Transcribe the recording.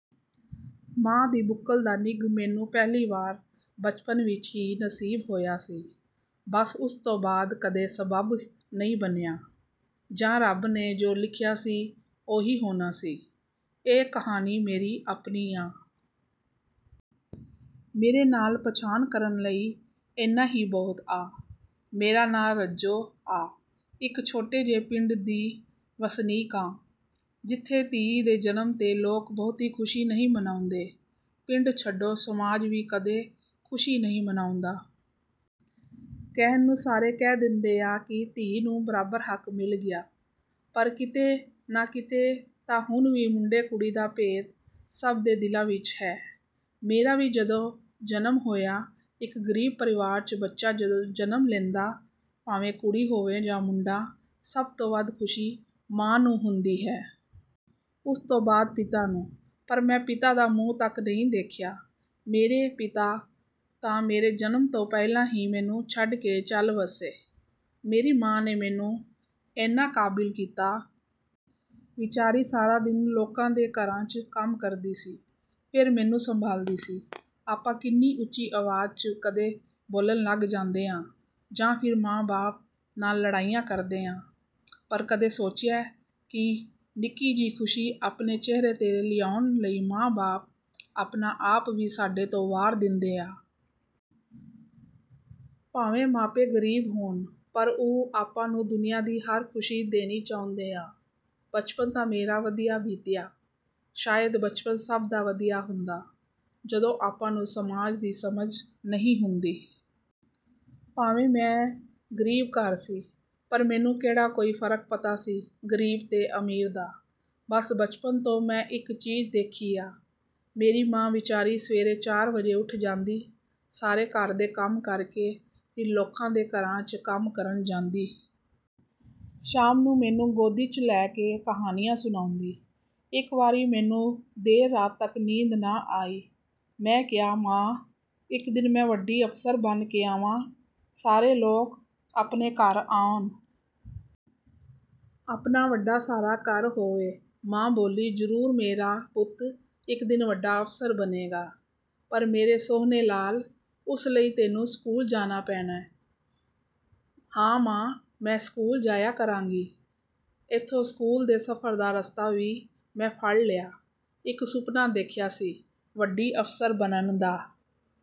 ਮਾਂ ਦੀ ਬੁੱਕਲ ਦਾ ਨਿੱਘ ਮੈਨੂੰ ਪਹਿਲੀ ਵਾਰ ਬਚਪਨ ਵਿੱਚ ਹੀ ਨਸੀਬ ਹੋਇਆ ਸੀ। ਬਸ, ਉਸ ਤੋਂ ਬਾਅਦ ਕਦੇ ਸਬੱਬ ਨਹੀਂ ਬਣਿਆ, ਜਾਂ ਰੱਬ ਨੇ ਜੋ ਲਿਖਿਆ ਸੀ ਉਹੀ ਹੋਣਾ ਸੀ। ਇਹ ਕਹਾਣੀ ਮੇਰੀ ਆਪਣੀ ਆਂ। ਮੇਰੇ ਨਾਲ ਪਛਾਣ ਕਰਨ ਲਈ ਇੰਨਾ ਹੀ ਬਹੁਤ ਆ। ਮੇਰਾ ਨਾਂ ਰੱਜੋ ਆ, ਇਕ ਛੋਟੇ ਜਿਹੇ ਪਿੰਡ ਦੀ ਵਸਨੀਕ ਆਂ, ਜਿੱਥੇ ਧੀ ਦੇ ਜਨਮ 'ਤੇ ਲੋਕ ਬਹੁਤੀ ਖੁਸ਼ੀ ਨਹੀਂ ਮਨਾਉਂਦੇ। ਪਿੰਡ ਛੱਡੋ, ਸਮਾਜ ਵੀ ਕਦੇ ਖੁਸ਼ੀ ਨਹੀਂ ਮਨਾਉਂਦਾ। ਕਹਿਣ ਨੂੰ ਸਾਰੇ ਕਹਿ ਦਿੰਦੇ ਆ ਕਿ ਧੀ ਨੂੰ ਬਰਾਬਰ ਹੱਕ ਮਿਲ ਗਿਆ ਪਰ ਕਿਤੇ ਨਾ ਕਿਤੇ ਤਾਂ ਹੁਣ ਵੀ ਮੁੰਡੇ-ਕੁੜੀ ਦਾ ਭੇਤ ਸਭ ਦੇ ਦਿਲਾਂ ਵਿੱਚ ਹੈ। ਮੇਰਾ ਵੀ ਜਦੋਂ ਜਨਮ ਹੋਇਆ, ਇਕ ਗਰੀਬ ਪਰਿਵਾਰ 'ਚ ਬੱਚਾ ਜਦੋਂ ਜਨਮ ਲੈਂਦਾ, ਭਾਵੇਂ ਕੁੜੀ ਹੋਵੇ ਜਾਂ ਮੁੰਡਾ, ਸਭ ਤੋਂ ਵੱਧ ਖੁਸ਼ੀ ਮਾਂ ਨੂੰ ਹੁੰਦੀ ਹੈ। ਉਸ ਤੋਂ ਬਾਅਦ ਪਿਤਾ ਨੂੰ। ਪਰ, ਮੈਂ ਪਿਤਾ ਦਾ ਮੂੰਹ ਤੱਕ ਨਹੀਂ ਦੇਖਿਆ। ਮੇਰੇ ਪਿਤਾ ਤਾਂ ਮੇਰੇ ਜਨਮ ਤੋਂ ਪਹਿਲਾਂ ਹੀ ਮੈਨੂੰ ਛੱਡ ਕੇ ਚੱਲ ਵੱਸੇ। ਮੇਰੀ ਮਾਂ ਨੇ ਮੈਨੂੰ ਇੰਨਾ ਕਾਬਲ ਕੀਤਾ। ਵਿਚਾਰੀ ਸਾਰਾ ਦਿਨ ਲੋਕਾਂ ਦੇ ਘਰਾਂ 'ਚ ਕੰਮ ਕਰਦੀ ਸੀ, ਫਿਰ ਮੈਨੂੰ ਸੰਭਾਲਦੀ ਸੀ। ਆਪਾਂ ਕਿੰਨੀ ਉੱਚੀ ਆਵਾਜ਼ 'ਚ ਕਦੇ ਬੋਲਣ ਲੱਗ ਜਾਂਦੇ ਆਂ ਜਾਂ ਫਿਰ ਮਾਂ-ਬਾਪ ਨਾਲ ਲੜਾਈਆਂ ਕਰਦੇ ਆਂ, ਪਰ ਕਦੇ ਸੋਚਿਆ ਕਿ ਨਿੱਕੀ ਜਿਹੀ ਖੁਸ਼ੀ ਆਪਣੇ ਚਿਹਰੇ 'ਤੇ ਲਿਆਉਣ ਲਈ ਮਾਂ-ਬਾਪ ਆਪਣਾ ਆਪ ਵੀ ਸਾਡੇ ਤੋਂ ਵਾਰ ਦਿੰਦੇ ਆ। ਭਾਵੇਂ ਮਾਪੇ ਗਰੀਬ ਹੋਣ, ਪਰ ਉਹ ਆਪਾਂ ਨੂੰ ਦੁਨੀਆ ਦੀ ਹਰ ਖੁਸ਼ੀ ਦੇਣੀ ਚਾਹੁੰਦੇ ਆ। ਬਚਪਨ ਤਾਂ ਮੇਰਾ ਵਧੀਆ ਬੀਤਿਆ। ਸ਼ਾਇਦ ਬਚਪਨ ਸਭ ਦਾ ਵਧੀਆ ਹੁੰਦਾ, ਜਦੋਂ ਆਪਾਂ ਨੂੰ ਸਮਾਜ ਦੀ ਸਮਝ ਨਹੀਂ ਹੁੰਦੀ। ਭਾਵੇਂ ਮੈਂ ਗਰੀਬ ਘਰ ਸੀ, ਪਰ ਮੈਨੂੰ ਕਿਹੜਾ ਕੋਈ ਫਰਕ ਪਤਾ ਸੀ ਗਰੀਬ ਤੇ ਅਮੀਰ ਦਾ। ਬਸ ਬਚਪਨ ਤੋਂ ਮੈਂ ਇਕ ਚੀਜ਼ ਦੇਖੀ ਆ। ਮੇਰੀ ਮਾਂ ਵਿਚਾਰੀ ਸਵੇਰੇ ਚਾਰ ਵਜੇ ਉੱਠ ਜਾਂਦੀ, ਸਾਰੇ ਘਰ ਦੇ ਕੰਮ ਕਰ ਕੇ ਫਿਰ ਲੋਕਾਂ ਦੇ ਘਰਾਂ 'ਚ ਕੰਮ ਕਰਨ ਜਾਂਦੀ। ਸ਼ਾਮ ਨੂੰ ਮੈਨੂੰ ਗੋਦੀ 'ਚ ਲੈ ਕੇ ਕਹਾਣੀਆਂ ਸੁਣਾਉਂਦੀ। ਇਕ ਵਾਰੀ ਮੈਨੂੰ ਦੇਰ ਰਾਤ ਤੱਕ ਨੀਂਦ ਨਾ ਆਈ। ਮੈਂ ਕਿਹਾ, ''ਮਾਂ, ਇਕ ਦਿਨ ਮੈਂ ਵੱਡੀ ਅਫ਼ਸਰ ਬਣ ਕੇ ਆਵਾਂ। ਸਾਰੇ ਲੋਕ ਆਪਣੇ ਘਰ ਆਉਣ। ਆਪਣਾ ਵੱਡਾ ਸਾਰਾ ਘਰ ਹੋਵੇ।'' ਮਾਂ ਬੋਲੀ, ''ਜ਼ਰੂਰ ਮੇਰਾ ਪੁੱਤ ਇਕ ਦਿਨ ਵੱਡਾ ਅਫ਼ਸਰ ਬਣੇਗਾ। ਪਰ ਮੇਰੇ ਸੋਹਣੇ ਲਾਲ, ਉਸ ਲਈ ਤੈਨੂੰ ਸਕੂਲ ਜਾਣਾ ਪੈਣਾ।'' ''ਹਾਂ ਮਾਂ, ਮੈਂ ਸਕੂਲ ਜਾਇਆ ਕਰਾਂਗੀ।'' ਇੱਥੋਂ ਸਕੂਲ ਦੇ ਸਫ਼ਰ ਦਾ ਰਸਤਾ ਵੀ ਮੈਂ ਫੜ ਲਿਆ। ਇਕ ਸੁਪਨਾ ਦੇਖਿਆ ਸੀ- ਵੱਡੀ ਅਫ਼ਸਰ ਬਣਨ ਦਾ।